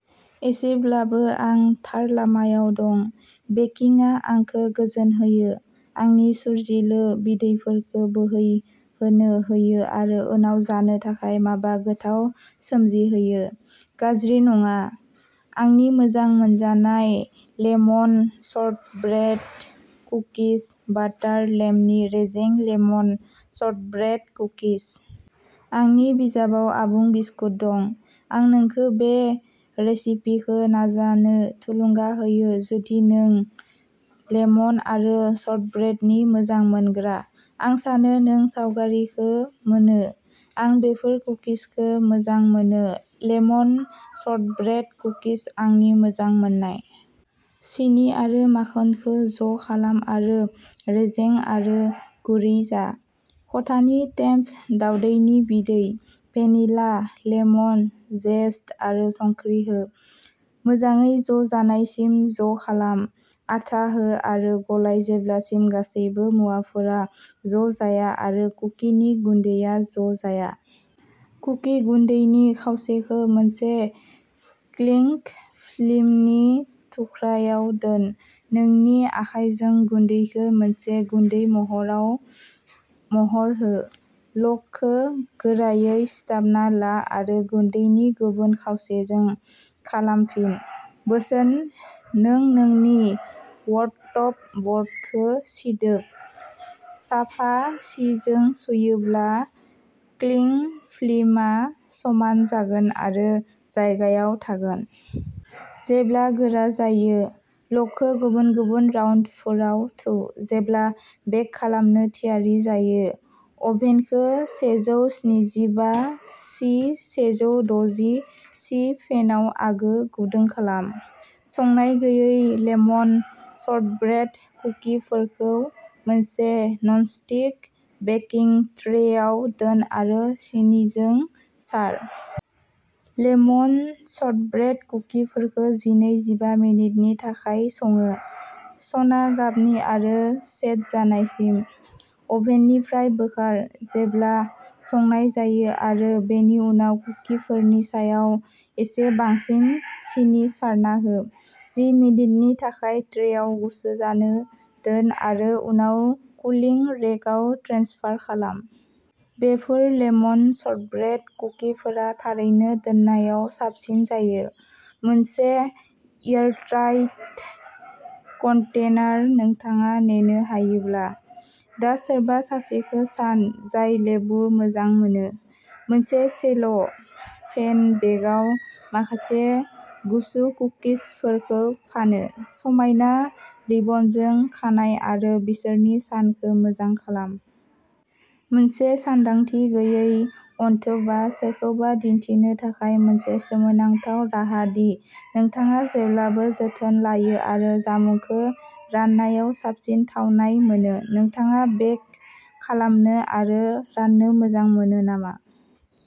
एसेब्लाबो आं थार लामायाव दं! बेकिंआ आंखौ गोजोन होयो, आंनि सोरजिलु बिदैफोरखौ बोहैहोनो होयो आरो उनाव जानो थाखाय माबा गोथाव सोमजिहोयो। गाज्रि नङा, आंनि मोजां मोनजानाय लेमन शर्टब्रेड कुकिज! बाटार, लेमनि, रेजें लेमन शर्टब्रेड कुकिज। आंनि बिजाबाव आबुं बिस्कुट दं। आं नोंखौ बे रेसिपिखौ नाजानो थुलुंगा होयो, जुदि नों लेमन आरो शर्टब्रेडनि मोजां मोनग्रा। आं सानो नों सावगारिखौ मोनो। आं बेफोर कुकिजखौ मोजां मोनो! लेमन शर्टब्रेड कुकिज आंनि मोजां मोननाय! सिनि आरो माखनखौ ज' खालाम आरो रेजें आरो गुरै जा। खथानि टेम्प दावदैनि बिदै, भेनिला, लेमन जेस्ट आरो संख्रि हो। मोजाङै ज' जानायसिम ज' खालाम। आटा हो आरो गलाय जेब्लासिम गासैबो मुवाफोरा ज' जाया आरो कुकिनि गुन्दैआ ज' जाया। कुकि गुन्दैनि खावसेखौ मोनसे क्लिं फिल्मनि थुख्राआव दोन। नोंनि आखाइजों गुन्दैखौ मोनसे गुन्दै महराव महर हो। लगखौ गोरायै सिथाबना ला आरो गुन्दैनि गुबुन खावसेजों खालामफिन। बोसोन नों नोंनि वर्कटप ब'र्डखौ सिदोब, साफा जिजों सुयोब्ला, क्लिं फिल्मआ समान जागोन आरो जायगायाव थागोन! जेब्ला गोरा जायो, लगखौ गुबुन गुबुन राउन्डफोराव थु। जेब्ला बेक खालामनो थियारि जायो, अभेनखौ सेजौ स्निजिबा सि सेजौ द'जि सि फेनआव आगु गुदुं खालाम। संनाय गैयै लेमन शर्टब्रेड कुकिफोरखौ मोनसे ननस्टिक बेकिं ट्रेआव दोन आरो सिनिजों सार। लेमन शर्टब्रेड कुकिफोरखौ जिनै जिबा मिनिटनि थाखाय सङो, सना गाबनि आरो सेट जानायसिम। अभेननिफ्राय बोखार, जेब्ला संनाय जायो आरो बेनि उनाव कुकिफोरनि सायाव एसे बांसिन सिनि सारना हो। जि मिनिटनि थाखाय ट्रेआव गुसु जानो दोन आरो उनाव कुलिं रेकआव ट्रेन्सफार खालाम। बेफोर लेमन शर्टब्रेड कुकिफोरा थारैनो दोननायाव साबसिन जायो, मोनसे एयारटाइट कन्टेनार, नोंथाङा नेनो हायोब्ला। दा सोरबा सासेखौ सान, जाय लेबु मोजां मोनो, मोनसे सेल' फेन बेगआव माखासे गुसु कुकिसफोरखौ फानो, समायना रिबनजों खानाय आरो बिसोरनि सानखौ मोजां खालाम! मोनसे सानदांथि गैयै अनथोबआ सोरखौबा दिन्थिनो थाखाय मोनसे सोमोनांथाव राहा दि नोंथाङा जेब्लाबो जोथोन लायो आरो जामुंखौ राननायाव साबसिन थावनाय मोनो। नोंथाङा बेक खालामनो आरो राननो मोजां मोनो नामा?